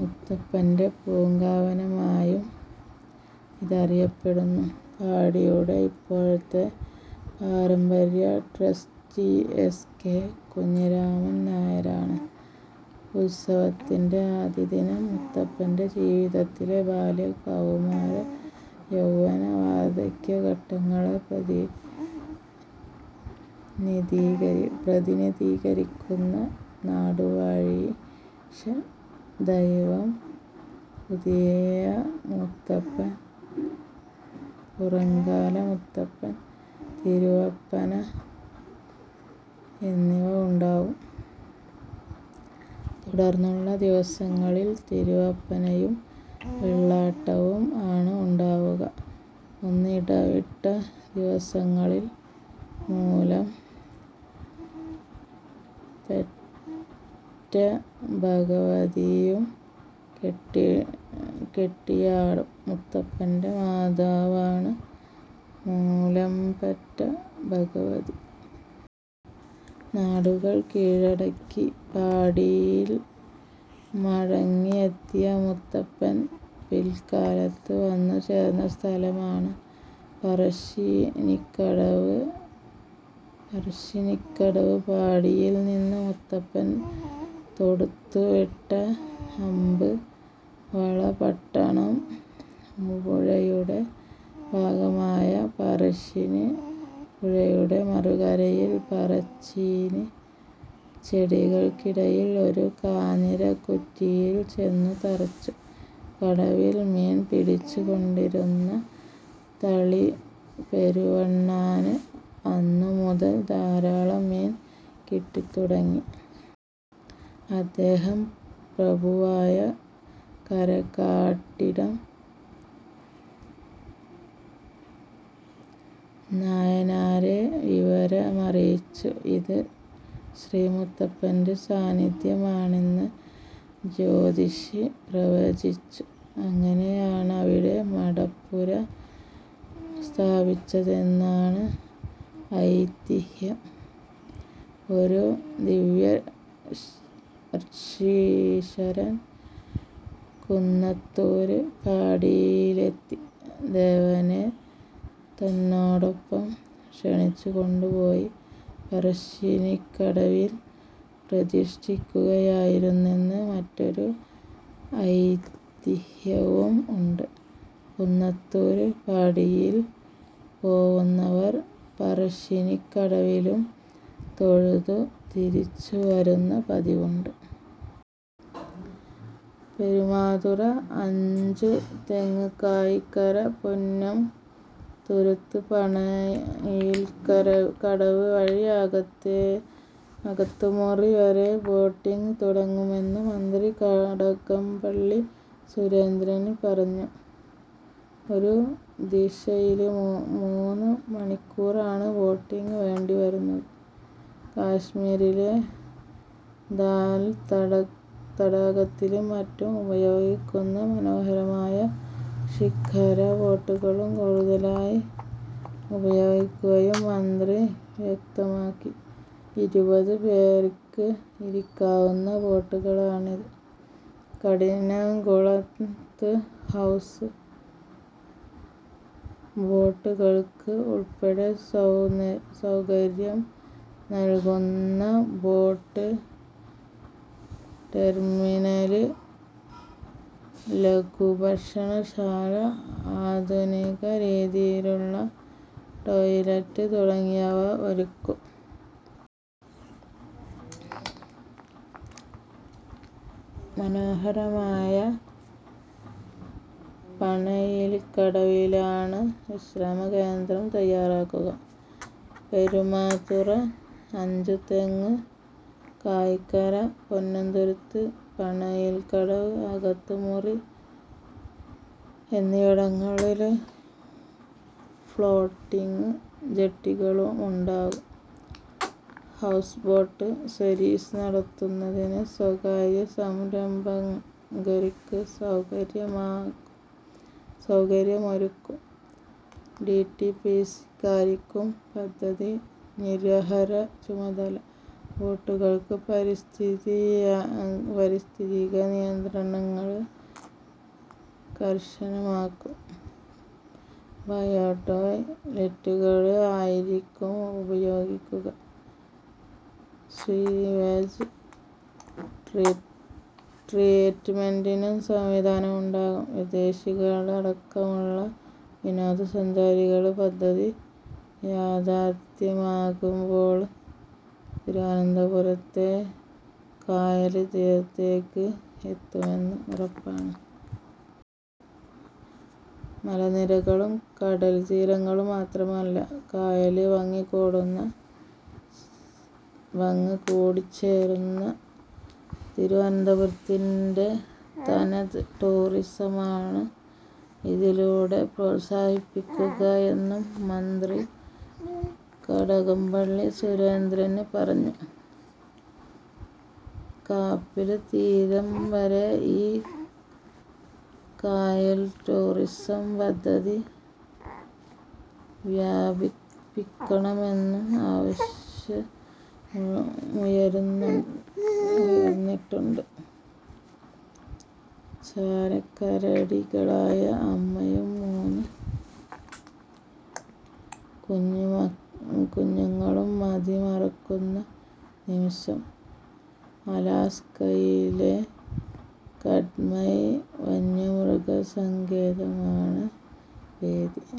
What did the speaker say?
മുത്തപ്പന്റെ പൂങ്കാവനമായും ഇതറിയപ്പെടുന്നു. പാടിയുടെ ഇപ്പോഴത്തെ പാരമ്പര്യട്രസ്റ്റി എസ്. കെ. കുഞ്ഞിരാമൻ നായനാരാണ്. ഉത്സവത്തിന്റെ ആദ്യദിനം മുത്തപ്പന്റെ ജീവിതത്തിലെ ബാല്യ, കൗമാര, യൗവ്വന, വാർധക്യഘട്ടങ്ങളെ പ്രതിനിധീകരിക്കുന്ന നാടുവാഴീശൻ ദൈവം, പുതിയമുത്തപ്പൻ, പുറങ്കാല മുത്തപ്പൻ, തിരുവപ്പന എന്നിവ ഉണ്ടാവും. തുടർന്നുള്ള ദിവസങ്ങളിൽ തിരുവപ്പനയും വെള്ളാട്ടവും ആണ് ഉണ്ടാവുക. ഒന്നിടവിട്ട ദിവസങ്ങളിൽ മൂലംപെറ്റഭഗവതിയും കെട്ടിയാടും. മുത്തപ്പന്റെ മാതാവാണ് മൂലംപെറ്റ ഭഗവതി. നാടുകൾ കീഴടക്കി പാടിയിൽ മടങ്ങിയെത്തിയ മുത്തപ്പൻ പിൽക്കാലത്ത് വന്നുചേർന്ന സ്ഥലമാണ് പറശ്ശിനിക്കടവ്. പാടിയിൽ നിന്ന് മുത്തപ്പൻ തൊടുത്തുവിട്ട അമ്പ് വളപട്ടണം പുഴയുടെ ഭാഗമായ പറശ്ശിനി പുഴയുടെ മറുകരയിൽ പറച്ചീനി ചെടികൾക്കിടയിൽ ഒരു കാഞ്ഞിരക്കുറ്റിയിൽ ചെന്നു തറച്ചു. കടവിൽ മീൻ പിടിച്ചുകൊണ്ടിരുന്ന തളിപെരുവണ്ണാന് അന്നു മുതൽ ധാരാളം മീൻ കിട്ടിത്തുടങ്ങി. അദ്ദേഹം പ്രഭുവായ കരക്കാട്ടിടം നായനാരെ വിവരമറിയിച്ചു. ഇത് ശ്രീമുത്തപ്പന്റെ സാന്നിധ്യമാണെന്ന് ജ്യോതിഷി പ്രവചിച്ചു. അങ്ങനെയാണവിടെ മടപ്പുര സ്ഥാപിച്ചതെന്നാണ് ഐതിഹ്യം. ഒരു ദിവ്യഋഷീശ്വരൻ കുന്നത്തൂർ പാടിയിലെത്തി ദേവനെ തന്നോടൊപ്പം ക്ഷണിച്ചുകൊണ്ടുപോയി പറശ്ശിനിക്കടവിൽ പ്രതിഷ്ഠിക്കുകയായിരുന്നെന്ന് മറ്റൊരു ഐതിഹ്യവും ഉണ്ട്. കുന്നത്തൂർ പാടിയിൽ പോവുന്നവർ പറശ്ശിനിക്കടവിലും തൊഴുതു തിരിച്ചുവരുന്ന പതിവുണ്ട്. പെരുമാതുറ, അഞ്ചുതെങ്ങ്, കായിക്കര, പൊന്നുംതുരുത്ത്, പണയില്കടവ് വഴി അകത്തുമുറി വരെ ബോട്ടിംഗ് തുടങ്ങുമെന്ന് മന്ത്രി കടകംപള്ളി സുരേന്ദ്രന് പറഞ്ഞു. ഒരു ദിശയില് മൂന്ന് മണിക്കൂറാണ് ബോട്ടിങ്ങിന് വേണ്ടിവരുന്നത്. കശ്മീരിലെ ദാല് തടാകത്തിലും മറ്റും ഉപയോഗിക്കുന്ന മനോഹരമായ ഷിക്കാര ബോട്ടുകളാകും കൂടുതലായി ഉപയോഗിക്കുകയെന്ന് മന്ത്രി വ്യക്തമാക്കി. ഇരുപത് പേര്ക്ക് ഇരിക്കാവുന്ന ബോട്ടുകളാണിത്. കഠിനംകുളത്ത് ഹൗസ് ബോട്ടുകള്ക്ക് ഉള്പ്പെടെ സൗകര്യം നല്കുന്ന ബോട്ട് ടെര്മിനല്, ലഘുഭക്ഷണശാല, ആധുനികരീതിയിലുള്ള ടോയ്ലറ്റ് തുടങ്ങിയവ ഒരുക്കും. മനോഹരമായ പണയില്കടവിലാണ് വിശ്രമകേന്ദ്രം തയ്യാറാക്കുക. പെരുമാതുറ, അഞ്ചുതെങ്ങ്, കായിക്കര, പൊന്നുംതുരുത്ത്, പണയില്കടവ്, അകത്തുമുറി എന്നിവിടങ്ങളില് ഫ്ളോട്ടിങ് ജട്ടികളുമുണ്ടാകും. ഹൗസ്ബോട്ട് സര്വീസ് നടത്തുന്നതിന് സ്വകാര്യസംരംഭകര്ക്ക് സൗകര്യമൊരുക്കും. ഡിടിപിസിക്കായിരിക്കും പദ്ധതി നിര്വഹണ ചുമതല. ബോട്ടുകള്ക്ക് പാരിസ്ഥിതിക നിയന്ത്രണങ്ങള് കര്ശനമാക്കും. ബയോടോയ് ലറ്റുകള് ആയിരിക്കും ഉപയോഗിക്കുക. സ്വീവേജ് ട്രീറ്റ്മെന്റിനും സംവിധാനമുണ്ടാകും. വിദേശികളടക്കമുള്ള വിനോദസഞ്ചാരികള് പദ്ധതി യാഥാര്ത്ഥ്യമാകുമ്പോള് തിരുവനന്തപുരത്തെ കായല് തീരത്തേക്ക് എത്തുമെന്ന് ഉറപ്പാണ്. മലനിരകളും, കടല്തീരങ്ങളും മാത്രമല്ല കായല് ഭംഗി കൂടി ചേരുന്ന തിരുവനന്തപുരത്തിന്റെ തനത് ടൂറിസമാണ് ഇതിലൂടെ പ്രോത്സാഹിപ്പിക്കുകയെന്നും മന്ത്രി കടകംപള്ളി സുരേന്ദ്രന് പറഞ്ഞു. കാപ്പില് തീരം വരെ ഈ കായല്ടൂറിസം പദ്ധതി വ്യാപിപ്പിക്കണമെന്നും ആവശ്യമുയര്ന്നിട്ടുണ്ട്. ചാരക്കരടികളായ അമ്മയും മൂന്ന് കുഞ്ഞുങ്ങളും മതിമറക്കുന്ന നിമിഷം. അലാസ്കയിലെ കട്മൈ വന്യമൃഗസങ്കേതമാണ് വേദി.